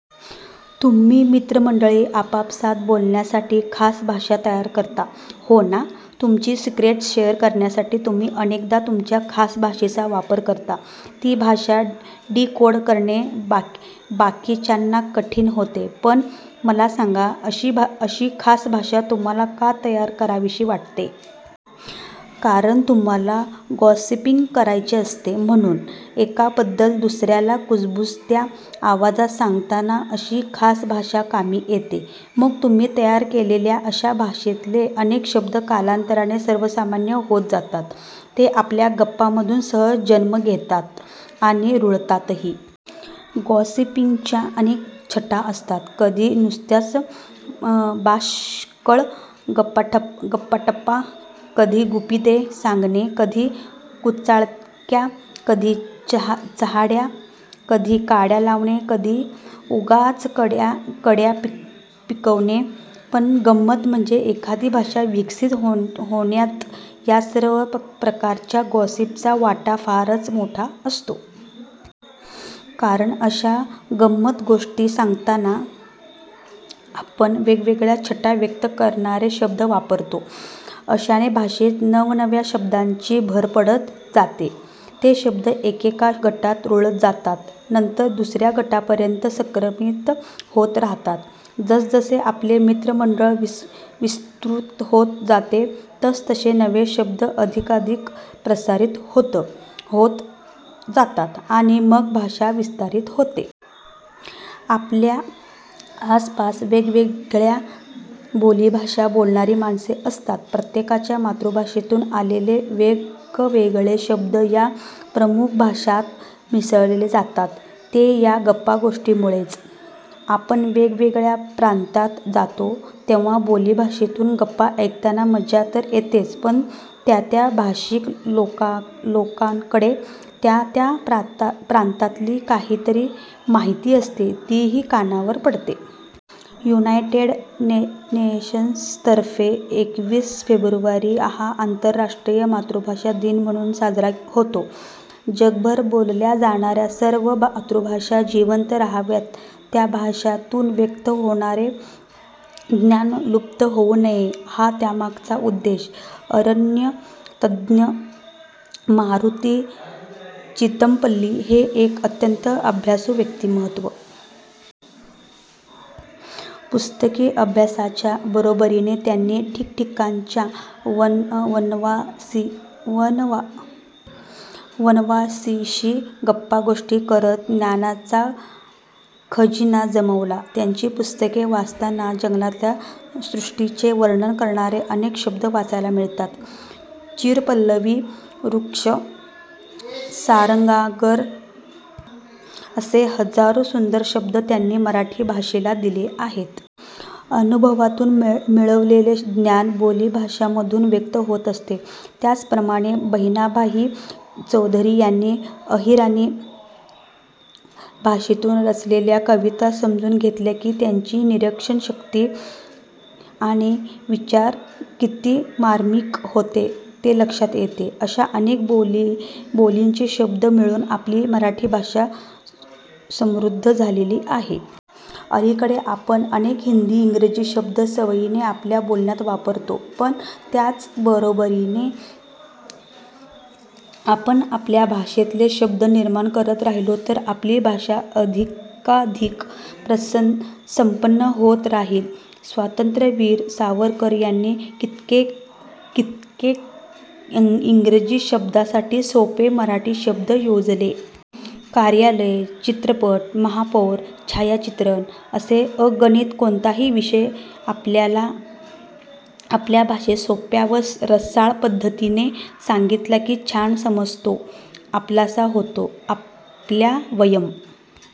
तुम्ही मित्रमंडळी आपापसात बोलण्यासाठी खास भाषा तयार करता. हो ना? तुमची सिक्रेटस् शेअर करण्यासाठी तुम्ही अनेकदा तुमच्या खास भाषेचा वापर करता. ती भाषा डीकोड करणे बाकीच्यांना कठीण होते. पण मला सांगा अशी खास भाषा तुम्हांला का तयार करावीशी वाटते? कारण, तुम्हांला गॉसिपिंग करायचे असते, म्हणून! एकाबद्दल दुसऱ्याला कुजबुजत्या आवाजात सांगताना अशी खास भाषा कामी येते. मग तुम्ही तयार केलेल्या अशा भाषेतले अनेक शब्द कालांतराने सर्वमान्य होत जातात. ते आपल्या गप्पांमधून सहज जन्म घेतात आणि रुळतातही. गॉसिपिंगच्या अनेक छटा असतात. कधी नुसत्याच बाष्कळ गप्पाटप्पा, कधी गुपिते सांगणे, कधी कुचाळक्या, कधी चहाड्या, कधी काड्या लावणे, कधी उगाच कंड्या पिकवणे. पण गंमत म्हणजे एखादी भाषा विकसित होण्यात या सर्व प्रकारच्या गॉसिपचा वाटा फारच मोठा असतो. कारण अशा गम्मतगोष्टी सांगताना आपण वेगवेगळ्या छटा व्यक्त करणारे शब्द वापरतो. अशाने भाषेत नवनव्या शब्दांची भर पडत जाते. ते शब्द एकेका गटात रुळत जातात नंतर दुसऱ्या गटांपर्यंत संक्रमित होत राहतात. जसजसे आपले मित्रमंडळ विस्तृत होत जाते, तसतसे नवे शब्द अधिकाधिक प्रसारित होत जातात आणि मग भाषा विस्तारित होते. आपल्या आसपास वेगवेगळ्या बोलीभाषा बोलणारी माणसे असतात. प्रत्येकाच्या मातृभाषेतून आलेले वेगवेगळे शब्द या प्रमुख भाषांत मिसळले जातात, ते या गप्पागोष्टींमुळेच. आपण वेगवेगळ्या प्रांतात जातो तेव्हा बोलीभाषेतून गप्पा ऐकताना मजा तर येतेच, पण त्या त्या भाषिक लोकांकडे त्या त्या प्रांतातली कितीतरी माहिती असते, तीही कानावर पडते. युनायटेड नेशन्सतर्फे एकवीस फेब्रुवारी हा आंतरराष्ट्रीय मातृभाषा दिन म्हणून साजरा होतो. जगभर बोलल्या जाणाऱ्या सर्व मातृभाषा जिवंत राहाव्यात, त्या भाषांतून व्यक्त होणारे ज्ञान लुप्त होऊ नये, हा त्यामागचा उद्देश. अरण्यतज्ज्ञ मारुती चितमपल्ली हे एक अत्यंत अभ्यासू व्यक्तिमत्त्व. पुस्तकी अभ्यासाच्या बरोबरीने त्यांनी ठिकठिकाणच्या वनवासींशी गप्पागोष्टी करत ज्ञानाचा खजिना जमवला. त्यांची पुस्तके वाचताना जंगलातल्या सृष्टीचे वर्णन करणारे अनेक शब्द वाचायला मिळतात. चिरपल्लवी वृक्ष, सारंगागर असे हजारो सुंदर शब्द त्यांनी मराठी भाषेला दिले आहेत. अनुभवातून मिळवलेले ज्ञान बोलीभाषांमधून व्यक्त होत असते. त्याचप्रमाणे बहिणाबाई चौधरी यांनी अहिराणी भाषेतून रचलेल्या कविता समजून घेतल्या की, त्यांची निरीक्षणशक्ती आणि विचार किती मार्मिक होते, ते लक्षात येते. अशा अनेक बोलींचे शब्द मिळून आपली मराठी भाषा समृद्ध झालेली आहे. अलीकडे आपण अनेक हिंदी, इंग्रजी शब्द सवयीने आपल्या बोलण्यात वापरतो. पण त्याच बरोबरीने आपण आपल्या भाषेतले शब्द निर्माण करत राहिलो तर आपली भाषा अधिकाधिक संपन्न होत राहील. स्वातंत्र्यवीर सावरकर यांनी कित्येक इंग्रजी शब्दांसाठी सोपे मराठी शब्द योजले. कार्यालय, चित्रपट, महापौर, छायाचित्रण, असे अगणित. कोणताही विषय आपल्याला आपल्या भाषेत सोप्या व रसाळ पद्धतीने सांगितला की छान समजतो, आपलासा होतो. आपल्या वयम्